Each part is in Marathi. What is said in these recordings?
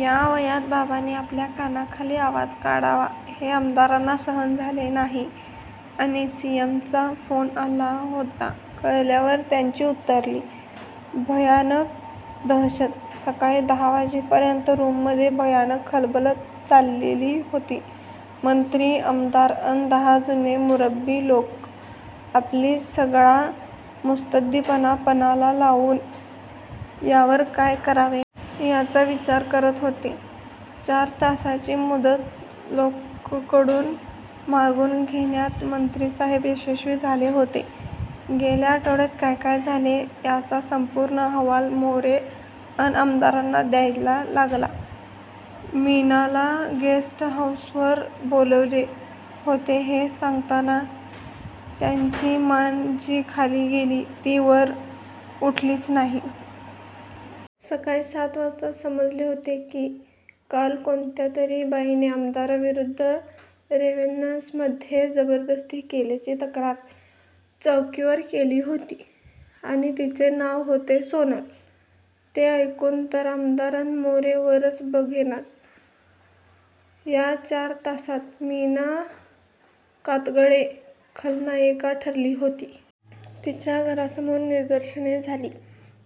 या वयात बाबांनी आपल्या कानाखाली आवाज काढावा हे आमदारांना सहन झाले नाही. आणि सी. एम. चा फ़ोन आला होता. कळल्यावर त्यांची उतरली. भयानक दहशत! सकाळी दहा वाजेपर्यंत रूममधे भयानक खलबंतं चाललेली होती. मंत्री, आमदार अन दहा जुने मुरब्बी लोक आपली सगळा मुत्सद्दीपणा पणाला लावून यावर काय करावे. याचा विचार करत होते. चार तासाची मुदत लॊ कडून मागून घेण्यात मंत्रीसाहेब यशस्वी झाले होते. गेल्या आठवड्यात काय काय झाले. याचा संपूर्ण अहवाल मोरे अन आमदारांना द्यायला लागला. मीनाला गेस्ट हाऊसवर बोलवले होते हे सांगताना त्यांची मान जी खाली गेली, ती वर उठलीच नाही. सकाळी सात वाजताच समजले होते. की काल कोणत्यातरी बाईने आमदारांविरुद्ध रेव्हन्समधे जबरदस्ती केल्याची तक्रार चौकीवर केली होती. आणि तिचे नाव होते सोनल! ते ऐकून तर आमदार अन मोरे वरच बघेचनात! या चार तासात मीना कातगडे खलनायिका ठरली होती. तिच्या घरासमोर निदर्शने झाली.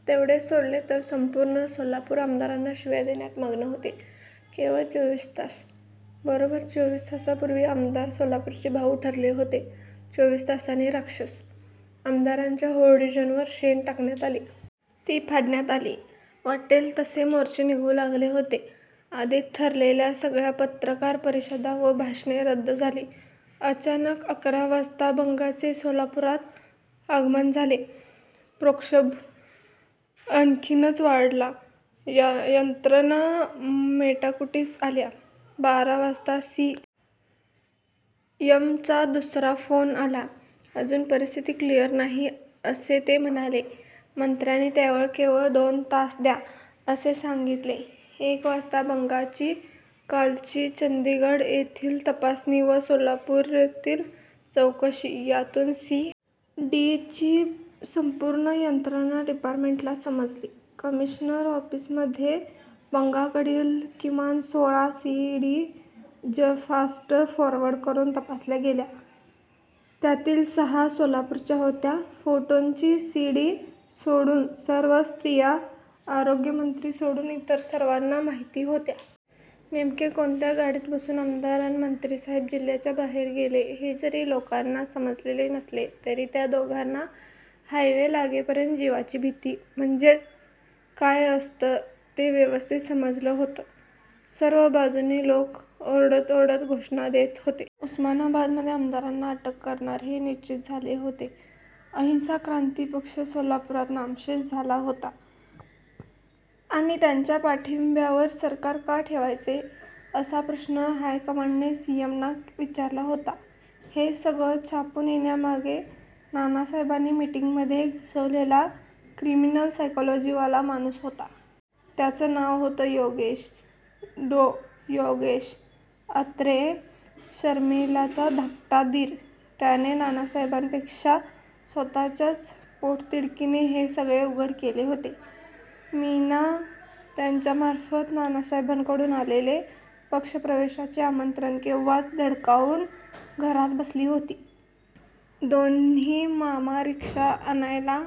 तेवढे सोडले तर संपूर्ण सोलापूर आमदारांना शिव्या देण्यात मग्न होते. केवळ चोवीस तास! बरोब्बर चोवीस तासांपुर्वी आमदार 'सोलापूरचे भाऊ' ठरले होते. चोवीस तासांनी राक्षस! आमदारांच्या होर्डिंग्जवर शेण टाकण्यात आले. ती फ़ाडण्यात आली. वाट्टेल तसे मोर्चे निघू लागले होते. आधी ठरलेल्या सगळ्या पत्रकार परिषदा व भाषणे रद्द झाली. अचानक अकरा वाजता बग्गाचे सोलापुरात आगमन झाले. प्रक्षोभ आणखीनच वाढला. यंत्रणा मेटाकुटीस आल्या. बारा वाजता सी. एम. चा दुसरा फ़ोन आला. अजून परिस्थिती क्लीअर नाही आहे असे ते म्हणाले. मंत्र्यांनी त्यावर 'केवळ दोन तास द्या' असे सांगीतले. एक वाजता बग्गाची कालची चंदीगड येथील तपासणी व सोलापुरातील चौकशी यातून सी. डी. ची संपूर्ण यंत्रणा डिपार्टमेंटला समजली. कमिशनर ऒफ़ीसमधे बग्गाकडील किमान सोळा C. Ds fast forward करून तपासल्या गेल्या. त्यातील सहा सोलापूरच्या होत्या. फ़ोटोंची सी. डी. सोडून सर्व स्त्रिया आरोग्यमंत्री सोडून इतर सर्वांना माहीत होत्या. नेमके कोणत्या गाडीत बसून आमदार अन मंत्रीसाहेब जिल्ह्याच्या बाहेर गेले हे जरी लोकांना समजलेले नसले तरी त्या दोघांना हायवे लागेपर्यंत 'जीवाची भीती' म्हणजे काय असतं ते व्यवस्थित समजलं होतं! सर्व बाजूंनी लोक ओरडत-ओरडत घोषणा देत होते. उस्मानाबादमधे आमदारांना अटक करणार हे निश्चीत झाले होते. अहिंसा क्रान्ती पक्ष सोलापुरात नामशेष झाला होता. आणि 'त्यांच्या पाठिंब्यावर सरकार का ठेवायचे' असा प्रश्न हायकमांडने सी. एम. ना विचारला होता. हे सगळं छापून येण्यामागे नानासाहेबांनी मीटिंगमधे घुसवलेला क्रिमिनल सायकॊलॊजीवाला माणूस होता. त्याच नाव होतं. योगेश.डॊ. योगेश अत्रे, शर्मिलाचा धाकटा दीर, त्याने नानासाहेबांपेक्षा स्वत:च्याच पोटतिडकीने हे सगळे उघड केलेले होते. मीना त्याच्यामार्फ़त नानासाहेबांकडून आलेलं पक्षप्रवेशाचं आमंत्रण केव्हाच धुडकावून घरात बसली होती. दोन्ही मामा रिक्षा आणायला--